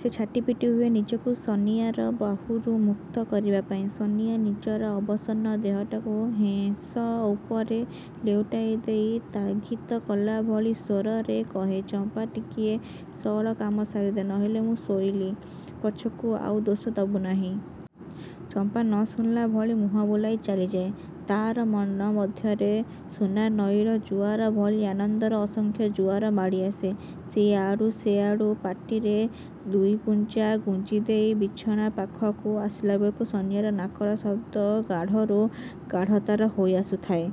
ସେ ଛାଟିପିଟି ହୁଏ ନିଜକୁ ସନିଆର ବାହୁରୁ ମୁକ୍ତ କରିବା ପାଇଁ। ସନିଆ ନିଜର ଅବସନ୍ନ ଦେହଟାକୁ ହେଁସ ଉପରେ ଲୋଟେଇ ଦେଇ ତାଗିତ କଲାଭଲି ସ୍ୱରରେ କହେ ''ଚମ୍ପା! ଟିକିଏ ସଅଳ କାମ ସାରିଦେ। ନୋହିଲେ ମୁଁ ଶୋଇଲି। ପଛକୁ ଆଉ ଦୋଷ ଦେବୁ ନାହିଁ। '' ଚମ୍ପା ନ ଶୁଣିଲା ଭଳି ମୁହଁ ବୁଲାଇ ଚାଲିଯାଏ। ତା'ର ମନ ମଧ୍ୟରେ ସୁନାନଈର ଜୁଆର ଭଳି ଆନନ୍ଦର ଅସଂଖ୍ୟ ଜୁଆର ମାଡ଼ିଆସେ। ସେ ଏଆଡ଼ୁ ସେଆଡ଼ୁ ପାଟିରେ ଦୁଇପୁଞ୍ଜା ଗୁଞ୍ଜିଦେଇ ବିଛଣା ପାଖକୁ ଆସିଲାବେଳକୁ ସନିଆର ନାକର ଶବ୍ଦ ଗାଢ଼ରୁ ଗାଢ଼ତର ହୋଇଆସୁଥାଏ।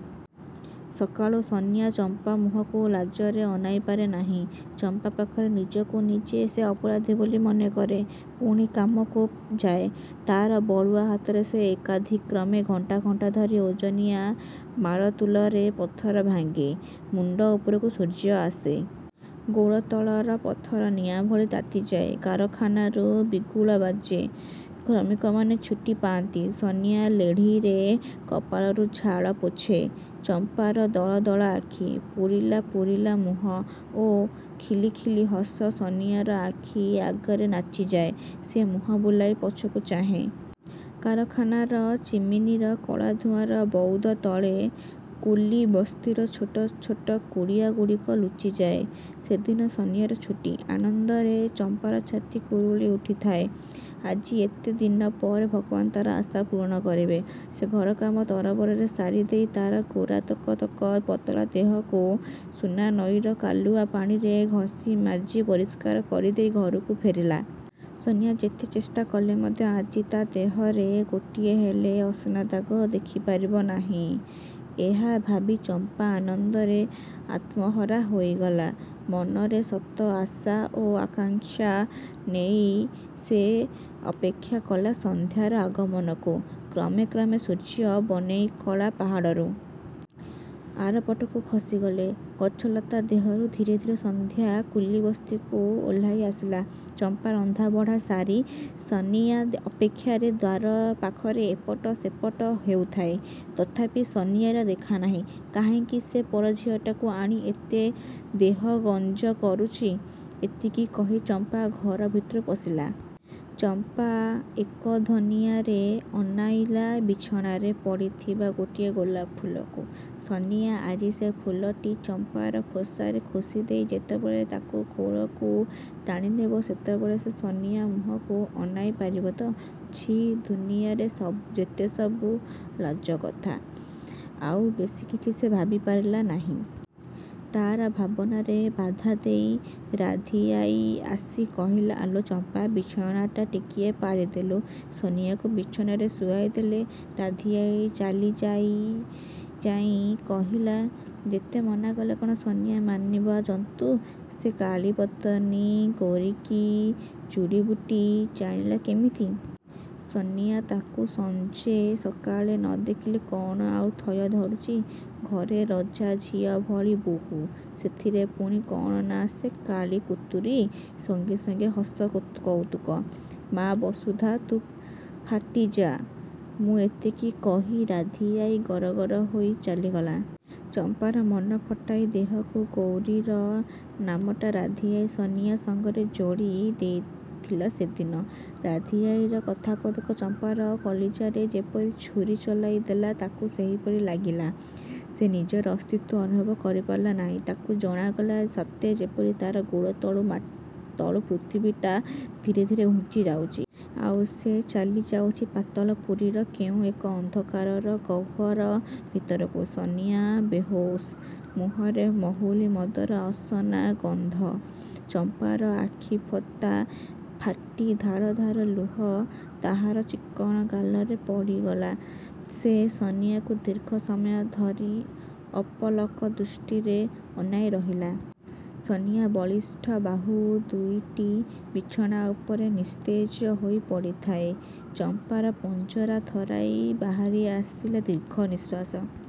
ସକାଳୁ ସନିଆ ଚମ୍ପା ମୁହଁକୁ ଲାଜରେ ଅନାଇପାରେ ନାହିଁ। ଚମ୍ପା ପାଖରେ ନିଜକୁ ନିଜେ ସେ ଅପରାଧୀ ବୋଲି ମନେକରେ। ପୁଣି କାମକୁ ଯାଏ। ତା'ର ବଳୁଆ ହାତରେ ସେ ଏକାଧିକ୍ରମେ ଘଣ୍ଟା ଘଣ୍ଟା ଧରି ଓଜନିଆ ମାରତୁଲରେ ପଥର ଭାଙ୍ଗେ। ମୁଣ୍ଡ ଉପରକୁ ସୂର୍ଯ୍ୟ ଆସେ। ଗୋଡ଼ତଳର ପଥର ନିଆଁଭଳି ତାତିଯାଏ। କାରଖାନାରୁ ବିଗୁଲ ବାଜେ। ଶ୍ରମିକମାନେ ଛୁଟି ପାଆନ୍ତି। ସନିଆ ଲେଢ଼ିରେ କପାଳରୁ ଝାଳ ପୋଛେ। ଚମ୍ପାର ଦଳ ଦଳ ଆଖି। ପୂରିଲା ପୂରିଲା ମୁହଁ ଓ ଖିଲି ଖିଲି ହସ ସନିଆର ଆଖି ଆଗରେ ନାଚିଯାଏ। ସେ ମୁହଁ ବୁଲାଇ ପଛକୁ ଚାହେଁ। କାରଖାନାର ଚିମିନିର କଳାଧୂଆଁର ବଉଦ ତଳେ କୁଲିବସ୍ତିର ଛୋଟ ଛୋଟ କୁଡ଼ିଆଗୁଡ଼ିକ ଲୁଚିଯାଏ। ସେଦିନ ସନିଆର ଛୁଟି। ଆନନ୍ଦରେ ଚମ୍ପାର ଛାତି କୁରୁଳି ଉଠୁଥାଏ। ଆଜି ଏତେ ଦିନପରେ ଭଗବାନ ତା'ର ଆଶା ପୂରଣ କରିବେ। ସେ ଘର କାମ ତରବରରେ ସାରି ଦେଇ ତା'ର ଗୋରା ତକ ତକ ପତଳା ଦେହକୁ ସୁନାନଈର କାଲୁଆ ପାଣିରେ ଘଷି ମାଜି ପରିଷ୍କାର କରିଦେଇ ଘରକୁ ଫେରିଲା। ସନିଆ ଯେତେ ଚେଷ୍ଟା କଲେ ମଧ୍ୟ ଆଜି ତା' ଦେହରେ ଗୋଟିଏହେଲେ ଅସନାଦାଗ ଦେଖିପାରିବ ନାହିଁ। ଏହା ଭାବି ଚମ୍ପା ଆନନ୍ଦରେ ଆତ୍ମହରା ହୋଇଗଲା। ମନରେ ଶତ ଆଶା ଓ ଆକାଙ୍କ୍ଷା ନେଇ ସେ ଅପେକ୍ଷା କଲା ସନ୍ଧ୍ୟାର ଆଗମନକୁ-। କ୍ରମେ କ୍ରମେ ସୂର୍ଯ୍ୟ ବନେଇକଳା ପାହାଡ଼ରୁ। ଆରପଟକୁ ଖସିଗଲେ। ଗଛଲତା ଦେହରୁ ଧୀରେ ଧୀରେ ସନ୍ଧ୍ୟା କୁଲିବସ୍ତିକୁ ଓହ୍ଲାଇ ଆସିଲା। ଚମ୍ପା ରନ୍ଧାବଢ଼ା ସାରି ସନିଆ ଅପେକ୍ଷାରେ ଦ୍ୱାର ପାଖରେ ଏପଟ ସେପଟ ହେଉଥାଏ। ତଥାପି ସନିଆର ଦେଖା ନାହିଁ। ''କାହିଁକି ସେ ପରଝିଅଟାକୁ ଆଣି ଏତେ ଦହଗଞ୍ଜ କରୁଛି'' ଏତିକି କହି ଚମ୍ପା ଘର ଭିତରକୁ ପଶିଗଲା। ଚମ୍ପା ଏକଧିଆନରେ ଅନାଇଲା ବିଛଣାରେ ପଡ଼ିଥିବା ଗୋଟିଏ ଗୋଲାପ ଫୁଲକୁ। ସନିଆ ଆଜି ସେ ଫୁଲଟି ଚମ୍ପାର ଖୋସାରେ ଖୋସିଦେଇ ଯେତେବେଳେ ତାକୁ କୋଳକୁ ଟାଣିନେବ ସେତେବେଳେ ସେ ସନିଆ ମୁହଁକୁ ଅନାଇ ପାରିବ ତ? ଛିଃ ଦୁନିଆରେ ଯେତେସବୁ ଲାଜକଥା। ଆଉ ବେଶିକିଛି ସେ ଭାବିପାରିଲା ନାହିଁ। ତା'ର ଭାବନାରେ ବାଧାଦେଇ ରାଧୀଆଈ ଆସି କହିଲା, ''ଆଲୋ ଚମ୍ପା! ବିଛଣା ଟିକିଏ ପାରିଦେଲୁ। '' ସନିଆକୁ ବିଛଣାରେ ଶୁଆଇଦେଇ ରାଧୀଆଈର ଚାଲି ଯାଉଁ ଯାଉଁ କହିଲା, ''ଯେତେ ମନାକଲେ କ'ଣ ସନିଆ ମାନିବା ଜନ୍ତୁ। ସେ କାଳୀପେତିନୀ ଗୌରୀ କି ଜଡ଼ିବୁଟି ଜାଣିଛି କେଜାଣି-। ସନିଆ ତାକୁ ସଞ୍ଜେସକାଳେ ନ ଦେଖିଲେ କ'ଣ ଆଉ ଥୟ ଧରୁଛି। ଘରେ ରଜାଝିଅ ଭଳି ବୋହୂ। ସେଥିରେ ପୁଣି କ'ଣ ନା ସେ କାଳୀକୁତୁରୀ ସଙ୍ଗେ ହସ କଉତୁକ। ମା ବସୁଧା! ତୁ ଫାଟିଯା। ମୁଁ ଏତିକି କହି ରାଧୀଆଈ ଗରଗର ହୋଇ ଚାଲିଗଲା। '' ଚମ୍ପାର ମନ ଫଟାଇ ଦେବାକୁ ଗୌରୀର ନାମଟା ରାଧୀଆଈ ସନିଆ ସଙ୍ଗରେ ଯୋଡ଼ି ଦେଇଥିଲା ସେଦିନ। ରାଧୀଆଈର କଥାପଦକ ଚମ୍ପାର କଲିଜାରେ ଯେପରି ଛୁରିଚଳାଇ ଦେଲା ତାକୁ ସେହିପରି ଲାଗିଲା। ସେ ନିଜର ଅସ୍ତିତ୍ୱ ଅନୁଭବ କରିପାରିଲା ନାହିଁ। ତାକୁ ଜଣାଗଲା ସତେ ଯେପରି ତା'ର ଗୋଡ଼ ତଳରୁ ପୃଥିବୀଟା ଧୀରେ ଧୀରେ ଘୁଞ୍ଚି ଯାଉଛି। ଆଉ ସେ ଚାଲିଯାଉଛି ପାତାଳ ପୁରୀର କେଉଁ ଏକ ଅନ୍ଧକାରର ଗହ୍ୱର ଭିତରକୁ। ସନିଆ ବେହୋସ। ମୁହଁରେ ମହୁଲୀ ମଦର ଅସନା ଗନ୍ଧ। ଚମ୍ପାର ଆଖିପତା ଫାଟି ଧାର ଧାର ଲୁହ ତାହାର ଚିକ୍କଣ ଗାଲ ଉପରେ ଗଡ଼ିଆସିଲା। ସେ ସନିଆକୁ ଦୀର୍ଘ ସମୟ ଧରି ଅପଲକ ଦୃଷ୍ଟିରେ ଅନାଇ ରହିଲା। ସନିଆର ବଳିଷ୍ଠ ବାହୁ ଦୁଇଟି ବିଛଣା ଉପରେ ନିସ୍ତେଜ ହୋଇ ପଡ଼ିଥାଏ। ଚମ୍ପାର ପଞ୍ଜରା ଥରାଇ ବାହାରିଆସିଲା ଦୀର୍ଘଶ୍ୱାସ।